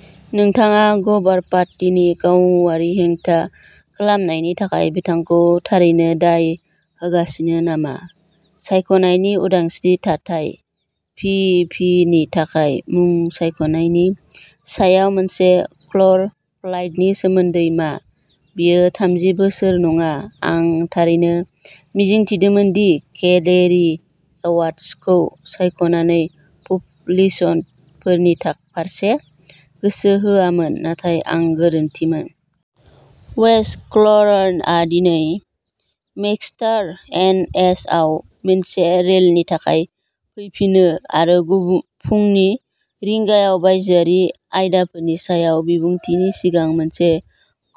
" नोंथाङा गर्भपातनि गावारि हेंथा खालामनायनि थाखाय बिथांखौ थारैनो दाय होगासिनो नामा? "सायख'नायनि उदांस्रि", थाथाय? भि. पि. नि थाखाय मुं सायख'नायनि सायाव मोनसे फ्ल'र फाइटनि सोमोन्दै मा? बेयो थामजि बोसोर नङा। आं थारैनो मिजिंथिदोंमोन दि केरीआ एडवार्ड्सखौ सायख'नानै'पपुलिस्ट'फोरनि फारसे गोसो होआमोन, नाथाय आं गोरोन्थिमोन। वेस क्लार्कआ दिनै मेनचेस्टार, एन. एच. आव मोनसे रेलिनि थाखाय फैफिनो, आरो फुंनि रिंगायाव बायजोआरि आयदाफोरनि सायाव बिबुंथिनि सिगां मोनसे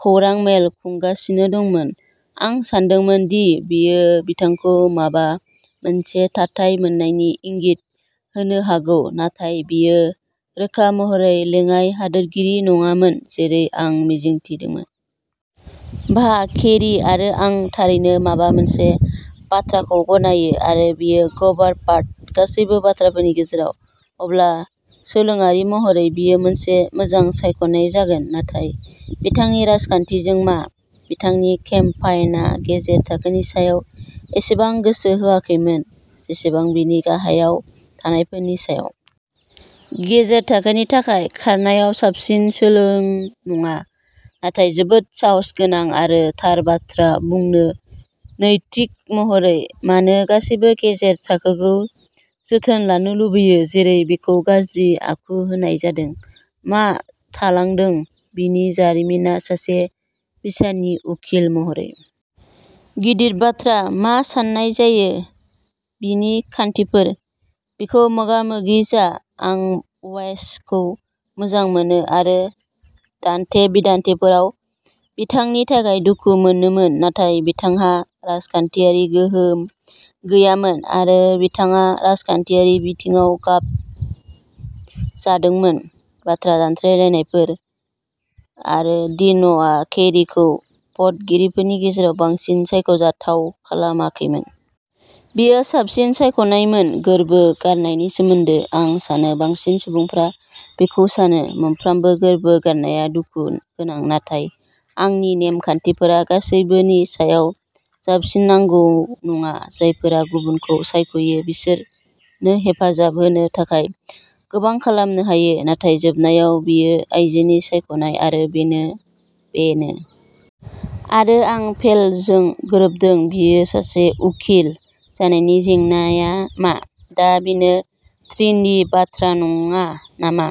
खौरां मेल खुंगासिनो दंमोन। आं सानदोंमोन दि बेयो बिथांखौ माबा मोनसे थाथाय मोन्नायनि इंगित होनो हागौ नाथाय बेयो रोखा महरै लेङाइ हादोरगिरि नङामोन जेरै आं मिजिंथिदोंमोन। बाह, केरी आरो आं थारैनो माबा मोनसे बाथ्राखौ गनायो। आरो बेयो गर्भपात, गासैबो बाथ्राफोरनि गेजेराव! अब्ला सोलोआरि महरै बियो मोनसे मोजां सायख'नाय जागोन। नाथाय बिथांनि राजखान्थिजों मा? बिथांनि केम्पेइना गेजेर थाखोनि सायाव एसेबां गोसो होआखैमोन जेसेबां बेनि गाहायाव थानायफोरनि सायाव। गेजेर थाखोनि थाखाय खारनायाव साबसिन सोलो नङा नाथाय जोबोद साहसगोनां आरो थार बाथ्रा बुंनो नैतिक महरै। मानो गासैबो गेजेर थाखोखौ जोथोन लानो लुबैयो जेरै बेखौ गाज्रि आखु होनाय जादों? मा थालांदों बिनि जारिमिनआ सासे बिसारनि उखिल महरै। गिदिर बाथ्रा। मा सान्नाय जायो बिनि खान्थिफोर। बेखौ मोगा-मोगि जा। आं वेसखौ मोजां मोनो आरो दान्थे-बिदान्थेफोराव बिथांनि थाखाय दुखु मोनोमोन नाथाय बिथांहा राजखान्थियारि गोहोम गैयामोन आरो बिथाङा राजखान्थियारि बिथिङाव गादबजादोंमोन। बाथ्रा दान्थेलायनायफोर। आरो डीनआ केरीखौ भटगिरिफोरनि गेजेराव बांसिन सायख'जाथाव खालामाखैमोन। बेयो साबसिन सायख'नाय मोन। गोर्बो गारनायनि सोमोन्दै। आं सानो बांसिन सुबुंफोरा बेखौ सानो। मोनफ्रोमबो गोर्बो गारनाया दुखु गोनां नाथाय आंनि नेम-खान्थिफोरा गासिबोनि सायाव जाबसिनांगौ नङा। जायफोरा गुबुनखौ सायख'यो बिसोरनो हेफाजाब होनो थाखाय गोबां खालामनो हायो, नाथाय जोबनायाव बेयो आयजोनि सायख'नाय आरो बेनो। आरो आं फेल'जों गोरोबदों। बियो सासे उखिल जानायनि जेंना मा? दा बेनो ट्रेन्डी बाथ्रा नङा नामा?